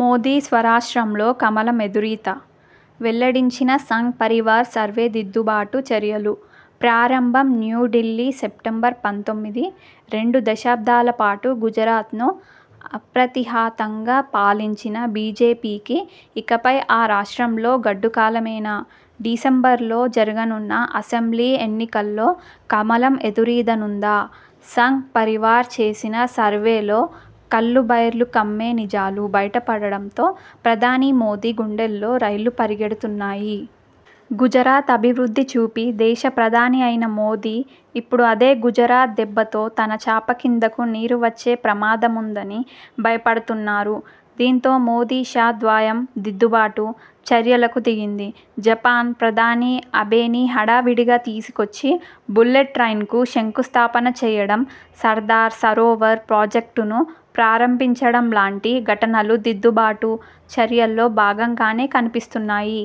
మోదీ స్వరాష్ట్రంలో కమలం ఎదురీత?.. వెల్లడించిన సంఘ్ పరివార్ సర్వేదిద్దుబాటు చర్యలు ప్రారంభంన్యూఢిల్లీ, సెప్టెంబర్ పంతొమ్మిది: రెండు దశాబ్దాల పాటు గుజరాత్ను అప్రతిహతంగా పాలించిన బీజేపీకి ఇకపై ఆ రాష్ట్రంలో గడ్డుకాలమేనా? డిసెంబర్లో జరగనున్న అసెంబ్లీ ఎన్నికల్లో కమలం ఎదురీదనుందా? సంఘ్ పరివార్ చేసిన సర్వేలో కళ్లు బైర్లు కమ్మే నిజాలు బయటపడడంతో ప్రధాని మోదీ గుండెల్లో రైళ్లు పరిగెడుతున్నాయి. గుజరాత్ అభివృద్ధి చూపి దేశ ప్రధాని అయిన మోదీ.. ఇప్పుడు అదే గుజరాత్ దెబ్బతో తన చాపకిందకు నీరు వచ్చే ప్రమాదముందని భయపడుతున్నారు. దీంతో మోదీ-షా ద్వయం దిద్దుబాటు చర్యలకు దిగింది. జపాన్ ప్రధాని అబేని హడావిడిగా తీసుకొచ్చి బుల్లెట్ ట్రైన్కు శంకుస్థాపన చేయడం, సర్దార్ సరోవర్ ప్రాజెక్టును ప్రారంభించడంలాంటి ఘటనలు దిద్దుబాటు చర్యల్లో భాగంగానే కనిపిస్తున్నాయి.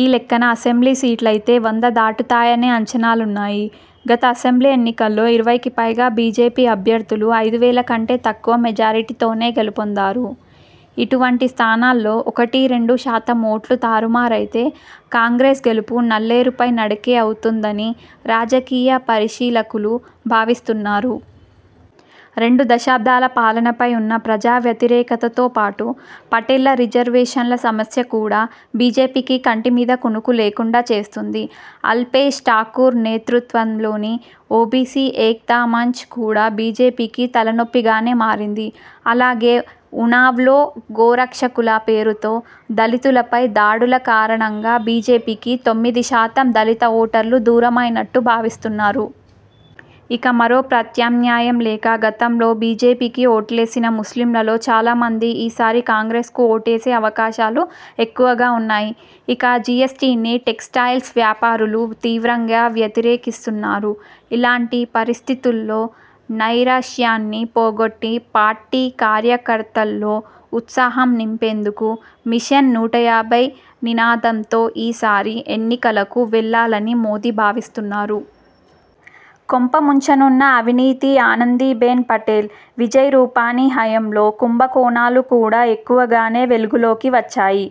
ఈ లెక్కన అసెంబ్లీ సీట్లైతే వంద దాటుతాయనే అంచనా లున్నాయి. గత అసెంబ్లీ ఎన్నికల్లో ఇరవైకి పైగా బీజేపీ అభ్యర్థులు ఐదు వేల కంటే తక్కువ మెజారిటీతోనే గెలుపొందారు. ఇటువంటి స్థానాల్లో ఒకటి-రెండుశాతం ఓట్లు తారుమారైతే కాంగ్రెస్ గెలుపు నల్లేరుపై నడకే అవుతుందని రాజకీయ పరిశీలకులు భావిస్తున్నారు. రెండు దశాబ్దాల పాలనపై ఉన్న ప్రజా వ్యతిరేకతతో పాటు, పటేళ్ల రిజర్వేషన్ల సమస్య కూడా బీజేపీకి కంటి మీద కునుకు లేకుండా చేస్తుంది. అల్పేశ్ ఠాకూర్ నేతృత్వంలోని 'ఓబీసీ ఏక్తా మంచ్' కూడా బీజేపీకి తలనొప్పిగానే మారింది. అలాగే ఉనావ్లో గోరక్షకుల పేరుతో దళితులపై దాడుల కారణంగా బీజేపీకి తొమ్మిది శాతం దళిత ఓటర్లు దూరమైనట్టు భావిస్తున్నారు. ఇక, మరో ప్రత్యామ్నాయం లేక గతంలో బీజేపీకి ఓట్లేసిన ముస్లింలలో చాలామంది ఈసారి కాంగ్రెస్కు ఓటేసే అవకాశాలు ఎక్కువగా ఉన్నాయి. ఇక, జీఎస్టీని టెక్స్ టైల్స్ వ్యాపారులు తీవ్రంగా వ్యతిరేకిస్తున్నారు. ఇలాంటి పరిస్థితుల్లో నైరాశ్యాన్ని పోగొట్టి పార్టీ కార్యకర్తల్లో ఉత్సాహం నింపేందుకు 'మిషన్-నూటయాభై' నినాదంతో ఈసారి ఎన్నికలకు వెళ్లాలని మోదీ భావిస్తున్నారు. కొంపముంచనున్న అవినీతిఆనందిబెన్ పటేల్, విజయ్ రూపాని హయాంలో కుంభకోణాలు కూడా ఎక్కువగానే వెలుగులోకి వచ్చాయి.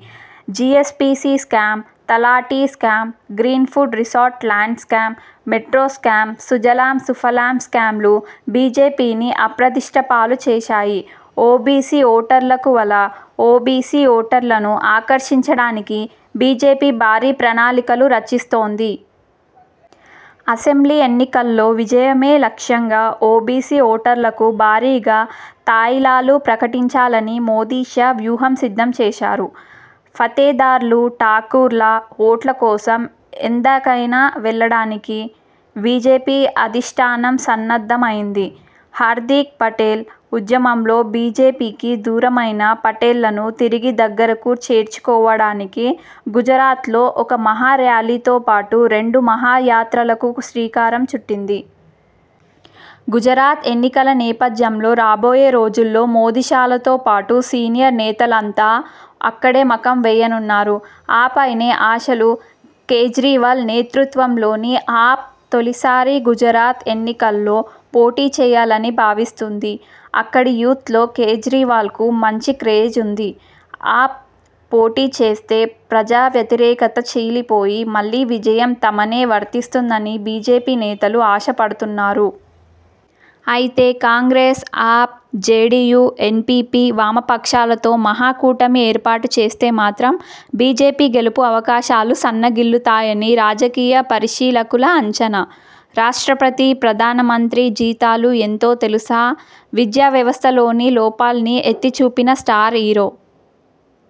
GSPC scam, Talati scam, Green Wood Resort land scam, metro scam, Sujalam Sufalam స్కాంలు బీజేపీని అప్రదిష్టపాలు చేశాయి. ఓబీసీ ఓటర్లకు వల ఓబీసీ ఓటర్లను ఆకర్షించడానికి బీజేపీ భారీ ప్రణాళికలు రచిస్తోంది. అసెంబ్లీ ఎన్నికల్లో విజయమే లక్ష్యంగా ఓబీసీ ఓటర్లకు భారీగా తాయిలాలుప్రకటించాలని మోదీ-షా వ్యూహం సిద్ధం చేశారు. ఫతేదార్లు, ఠాకూర్ల ఓట్ల కోసం ఎందాకైనా వెళ్లడానికి బీజేపీ అధిష్ఠానం సన్నద్దమైంది. హార్ధిక్ పటేల్ ఉద్యమంలో బీజేపీకి దూరమైన పటేళ్లను తిరిగి దగ్గరకు చేర్చుకోవడానికి గుజరాత్లో ఒక మహా ర్యాలీతో పాటు రెండు మహా యాత్రలకు శ్రీకారం చుట్టింది. గుజరాత్ ఎన్నికల నేపథ్యంలో రాబోయే రోజుల్లో మోదీ-షాలతో పాటు సీనియర్ నేతలంతా అక్కడే మకాం వేయనున్నారు. ఆప్పైనే ఆశలుకేజ్రీవాల్ నేతృత్వంలోని 'ఆప్' తొలిసారి గుజరాత్ ఎన్నికల్లో పోటీచేయాలని భావిస్తోంది. అక్కడి యూత్లో కేజ్రీవాల్కు మంచి క్రేజ్ ఉంది. ఆప్ పోటీ చేస్తే ప్రజా వ్యతిరేకత చీలిపోయి మళ్లీ విజయం తమనే వరిస్తుందని బీజేపీ నేతలు ఆశపడుతున్నారు. అయితే Congress, AAP, JDU, N P P, వామపక్షాలతో మహాకూటమి ఏర్పాటు చేస్తే మాత్రం బీజేపీ గెలుపు అవకాశాలు సన్నగిల్లుతాయని రాజకీయ పరిశీలకుల అంచనా. రాష్ట్రపతి, ప్రధానమంత్రి జీతాలు ఎంతో తెలుసా? విద్యా వ్యవస్థలోని లోపాల్ని ఎత్తి చూపిన స్టార్ హీరో।